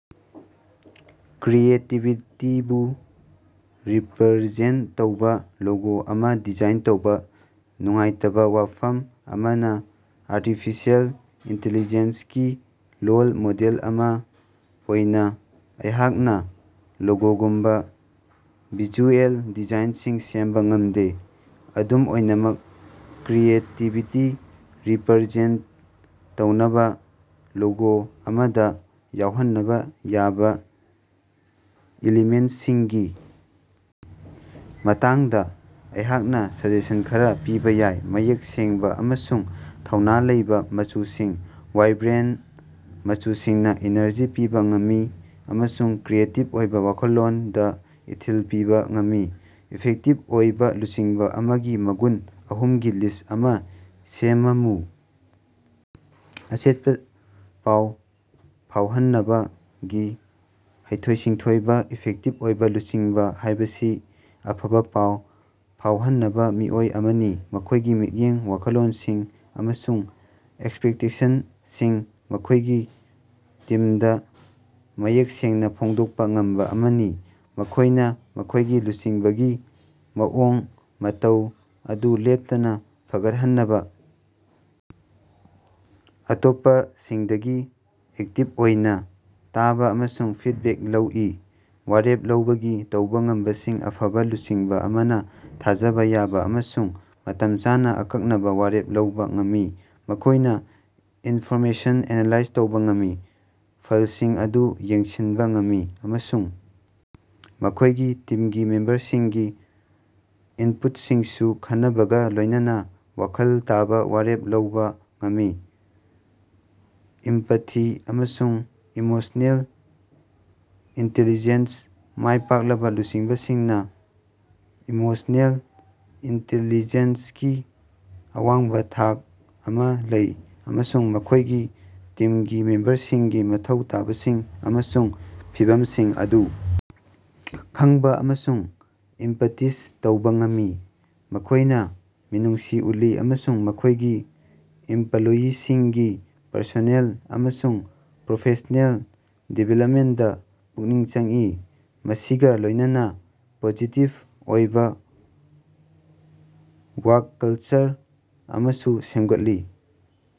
ꯀ꯭ꯔꯤꯌꯦꯇꯤꯕꯤꯇꯤꯕꯨ represent ꯇꯧꯕ logo ꯑꯃ design ꯇꯧꯕ꯫ ꯅꯨꯡꯉꯥꯏꯇꯕꯥ ꯋꯥꯐꯝ ꯑꯃꯅ ꯑꯔꯇꯤꯐꯤꯁꯦꯜ ꯏꯟꯇꯤꯂꯤꯖꯦꯟꯁ ꯒꯤ ꯂꯣꯜ ꯃꯣꯗꯦꯜ ꯑꯃ ꯑꯣꯏꯅ ꯑꯩꯍꯥꯛꯅ ꯂꯣꯒꯣꯒꯨꯝꯕꯥ ꯚꯤꯖꯨꯑꯦꯜ ꯗꯤꯖꯥꯏꯟꯁꯤꯡ ꯁꯦꯝꯕ ꯉꯝꯗꯦ꯫ ꯑꯗꯨꯝ ꯑꯣꯏꯅꯃꯛ, ꯀ꯭ꯔꯤꯌꯦꯇꯤꯕꯤꯇꯤ ꯔꯤꯄꯔꯖꯦꯟꯇ ꯇꯧꯅꯕ ꯂꯣꯒꯣ ꯑꯃꯗ ꯌꯥꯎꯍꯟꯅꯕ ꯌꯥꯕ ꯏꯂꯤꯃꯦꯟꯁꯤꯡꯒꯤ ꯃꯇꯥꯡꯗ ꯑꯩꯍꯥꯛꯅꯥ ꯁꯖꯦꯁꯟ ꯈꯔ ꯄꯤꯕ ꯌꯥꯏ: ꯃꯌꯦꯛ ꯁꯦꯡꯕꯥ ꯑꯃꯁꯨꯡ ꯊꯧꯅꯥ ꯂꯩꯕꯥ ꯃꯆꯨꯁꯤꯡ: ꯋꯥꯏꯕ꯭ꯔꯦꯟ ꯃꯆꯨꯁꯤꯡꯅꯥ ꯏꯅꯔꯖꯤ ꯄꯤꯕꯥ ꯉꯝꯃꯤ ꯑꯃꯁꯨꯡ ꯀ꯭ꯔꯤꯌꯦꯇꯤꯕ ꯑꯣꯏꯕ ꯋꯥꯈꯜꯂꯣꯟꯗ ꯏꯊꯤꯜ ꯄꯤꯕ ꯉꯝꯃꯤ꯫ ꯏꯐꯦꯛꯇꯤꯚ ꯑꯣꯏꯕ ꯂꯨꯆꯤꯡꯕ ꯑꯃꯒꯤ ꯃꯒꯨꯟ ꯑꯍꯨꯝꯒꯤ ꯂꯤꯁ ꯑꯃ ꯁꯦꯃꯃꯨ꯫ ꯑꯆꯦꯠꯄꯥ ꯄꯥꯎ ꯐꯥꯎꯍꯟꯅꯕꯒꯤ ꯍꯩꯊꯣꯏ-ꯁꯤꯡꯊꯣꯏꯕ: ꯏꯐꯦꯛꯇꯤꯕ ꯑꯣꯏꯕ ꯂꯨꯆꯤꯡꯕ ꯍꯥꯏꯕꯁꯤ ꯑꯐꯕ ꯄꯥꯎ ꯐꯥꯎꯍꯟꯅꯕ ꯃꯤꯑꯣꯏ ꯑꯃꯅꯤ, ꯃꯈꯣꯏꯒꯤ ꯃꯤꯠꯌꯦꯡ, ꯋꯥꯈꯜꯂꯣꯟꯁꯤꯡ ꯑꯃꯁꯨꯡ ꯑꯦꯛꯁꯄꯦꯛꯇꯦꯁꯟꯁꯤꯡ ꯃꯈꯣꯏꯒꯤ ꯇꯤꯝꯗ ꯃꯌꯦꯛ ꯁꯦꯡꯅ ꯐꯣꯡꯗꯣꯛꯄ ꯉꯝꯕ ꯑꯃꯅꯤ꯫ ꯃꯈꯣꯏꯅ ꯃꯈꯣꯏꯒꯤ ꯂꯨꯆꯤꯡꯕꯒꯤ ꯃꯑꯣꯡ ꯃꯇꯧ ꯑꯗꯨ ꯂꯦꯞꯇꯅꯥ ꯐꯒꯠꯍꯟꯅꯕꯥ ꯑꯇꯣꯞꯄꯁꯤꯡꯗꯒꯤ ꯑꯦꯛꯇꯤꯕ ꯑꯣꯏꯅ ꯇꯥꯕ ꯑꯃꯁꯨꯡ ꯐꯤꯠꯕꯦꯛ ꯂꯧꯏ꯫ ꯋꯥꯔꯦꯞ ꯂꯧꯕꯒꯤ ꯇꯧꯕ ꯉꯝꯕꯁꯤꯡ: ꯑꯐꯕ ꯂꯨꯆꯤꯡꯕ ꯑꯃꯅ ꯊꯥꯖꯕ ꯌꯥꯕ ꯑꯃꯁꯨꯡ ꯃꯇꯝ ꯆꯥꯅ ꯑꯀꯛꯅꯕ ꯋꯥꯔꯦꯞ ꯂꯧꯕ ꯉꯝꯃꯤ꯫ ꯃꯈꯣꯏꯅ ꯏꯟꯐꯣꯔꯃꯦꯁꯟ ꯑꯦꯅꯥꯂꯥꯏꯖ ꯇꯧꯕ ꯉꯝꯃꯤ, ꯐꯜꯁꯤꯡ ꯑꯗꯨ ꯌꯦꯡꯁꯤꯟꯕ ꯉꯝꯃꯤ ꯑꯃꯁꯨꯡ ꯃꯈꯣꯏꯒꯤ ꯇꯤꯝꯒꯤ ꯃꯦꯝꯕꯔꯁꯤꯡꯒꯤ ꯏꯟꯄꯨꯠꯁꯤꯡꯁꯨ ꯈꯟꯅꯕꯒꯥ ꯂꯣꯏꯅꯅ ꯋꯥꯈꯜ ꯇꯥꯕ ꯋꯥꯔꯦꯞ ꯂꯧꯕ ꯉꯝꯃꯤ꯫ ꯏꯝꯄꯥꯊꯤ ꯑꯃꯁꯨꯡ ꯏꯃꯣꯁꯅꯦꯜ ꯏꯟꯇꯦꯂꯤꯖꯦꯟꯁ: ꯃꯥꯏ ꯄꯥꯛꯂꯕ ꯂꯨꯆꯤꯡꯕꯁꯤꯡꯅ ꯏꯃꯣꯁꯅꯦꯜ ꯏꯟꯇꯦꯂꯤꯖꯦꯟꯁꯀꯤ ꯑꯋꯥꯡꯕ ꯊꯥꯛ ꯑꯃ ꯂꯩ ꯑꯃꯁꯨꯡ ꯃꯈꯣꯏꯒꯤ ꯇꯤꯝꯒꯤ ꯃꯦꯝꯕꯔꯁꯤꯡꯒꯤ ꯃꯊꯧ ꯇꯥꯕꯁꯤꯡ ꯑꯃꯁꯨꯡ ꯐꯤꯚꯝꯁꯤꯡ ꯑꯗꯨ ꯈꯪꯕꯥ ꯑꯃꯁꯨꯡ ꯏꯝꯄꯥꯇꯤꯖ ꯇꯧꯕ ꯉꯝꯃꯤ꯫ ꯃꯈꯣꯏꯅ ꯃꯤꯅꯨꯡꯁꯤ ꯎꯠꯂꯤ ꯑꯃꯁꯨꯡ ꯃꯈꯣꯏꯒꯤ ꯏꯝꯄꯂꯣꯌꯤꯁꯤꯡꯒꯤ ꯄꯔꯁꯣꯅꯦꯜ ꯑꯃꯁꯨꯡ ꯄ꯭ꯔꯣꯐꯦꯁ꯭ꯅꯦꯜ ꯗꯤꯕꯦꯂꯞꯃꯦꯟꯗꯥ ꯄꯨꯛꯅꯤꯡ ꯆꯪꯏ, ꯃꯁꯤꯒꯥ ꯂꯣꯏꯅꯅꯥ ꯄꯣꯖꯤꯇꯤꯕ ꯑꯣꯏꯕ ꯋꯥꯔꯛ ꯀꯜꯆꯔ ꯑꯃꯁꯨ ꯁꯦꯝꯒꯠꯂꯤ꯫